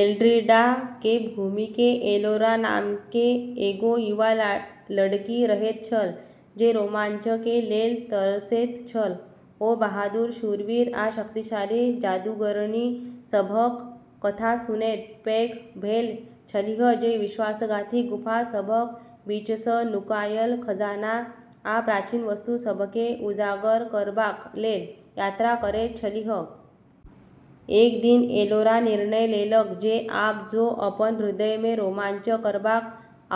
एल्ड्रिडा के भूमि में एलोरा नाम के एगो युवा लड़की रहैत छल जे रोमांच के लेल तरसैत छल। ओ बहादुर शूरवीर आ शक्तिशाली जादूगरनी सभक कथा सुनैत पैघ भेल छलीह जे विश्वासघाती गुफा सभक बीचसँ नुकायल खजाना आ प्राचीन वस्तु सभकेँ उजागर करबाक लेल यात्रा करैत छलीह। एक दिन एलोरा निर्णय लेलक जे आब ओ अपन हृदय मे रोमांच करबाक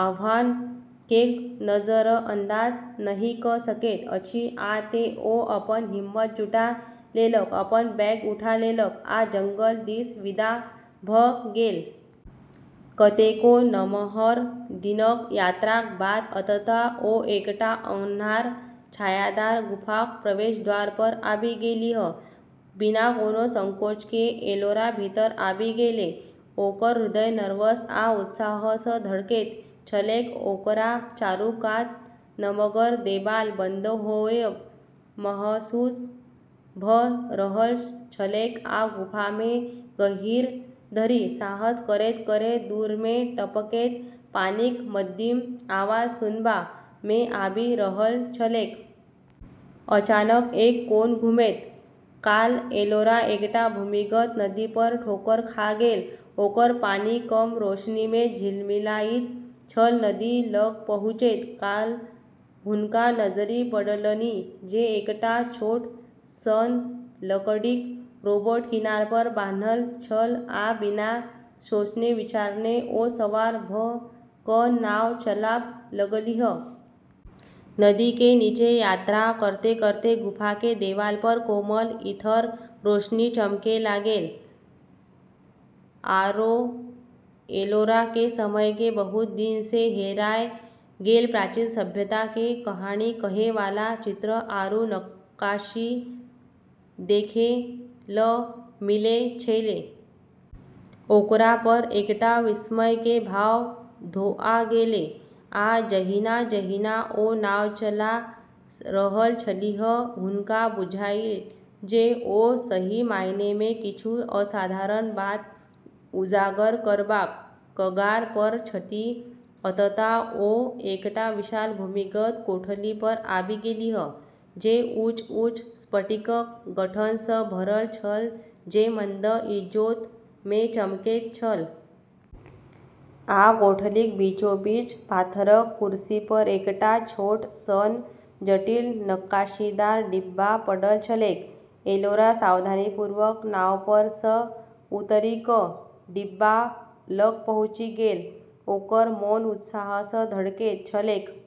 आह्वान केँ नजरअंदाज नहि क' सकैत अछि, आ तें ओ अपन हिम्मत जुटा लेलक, अपन बैग उठा लेलक आ जंगल दिस विदा भ' गेल। कतेको नमहर दिनक यात्राक बाद अंततः ओ एकटा अन्हार, छायादार गुफाक प्रवेश द्वार पर आबि गेलीह। बिना कोनो संकोच के एलोरा भीतर आबि गेलै, ओकर हृदय नर्वस आ उत्साह सँ धड़कैत छलैक। ओकरा चारू कात नमगर देबाल बंद होयब महसूस भ' रहल छलैक आ गुफा मे गहींर धरि साहस करैत-करैत दूर मे टपकैत पानिक मद्धिम आवाज सुनबा मे आबि रहल छलैक। अचानक एक कोन घुमैत काल एलोरा एकटा भूमिगत नदी पर ठोकर खा गेल, ओकर पानि कम रोशनी मे झिलमिलाइत छल। नदी लग पहुँचैत काल हुनका नजरि पड़लनि जे एकटा छोट सन लकड़ीक रोबोट किनार पर बान्हल छल आ बिना सोचने-विचारने ओ सवार भ' क' नाव चलाब' लगलीह। नदी के नीचें यात्रा करतें-करतें गुफा के देवाल पर कोमल, ईथर रोशनी चमकै लागलै, आरो एलोरा के समय सें बहुत दिन सें हेराय गेल प्राचीन सभ्यता के कहानी कहै वाला चित्र आरू नक्काशी देखै ल मिलै छेलै। ओकरा पर एकटा विस्मय के भाव धोआ गेलै, आ जहिना-जहिना ओ नाव चला रहल छलीह, हुनका बुझायल जे ओ सही मायने मे किछु असाधारण बात उजागर करबाक कगार पर छथि। अन्ततः ओ एकटा विशाल, भूमिगत कोठली पर आबि गेलीह, जे ऊँच-ऊँच स्फटिकक गठन सँ भरल छल जे मंद इजोत मे चमकैत छल। आ कोठलीक बीचोबीच पाथरक कुरसी पर एकटा छोट सन जटिल नक्काशीदार डिब्बा पड़ल छलैक। एलोरा सावधानीपूर्वक नाव पर सँ उतरि क' डिब्बा लग पहुँचि गेल, ओकर मोन उत्साह सँ धड़कैत छलैक।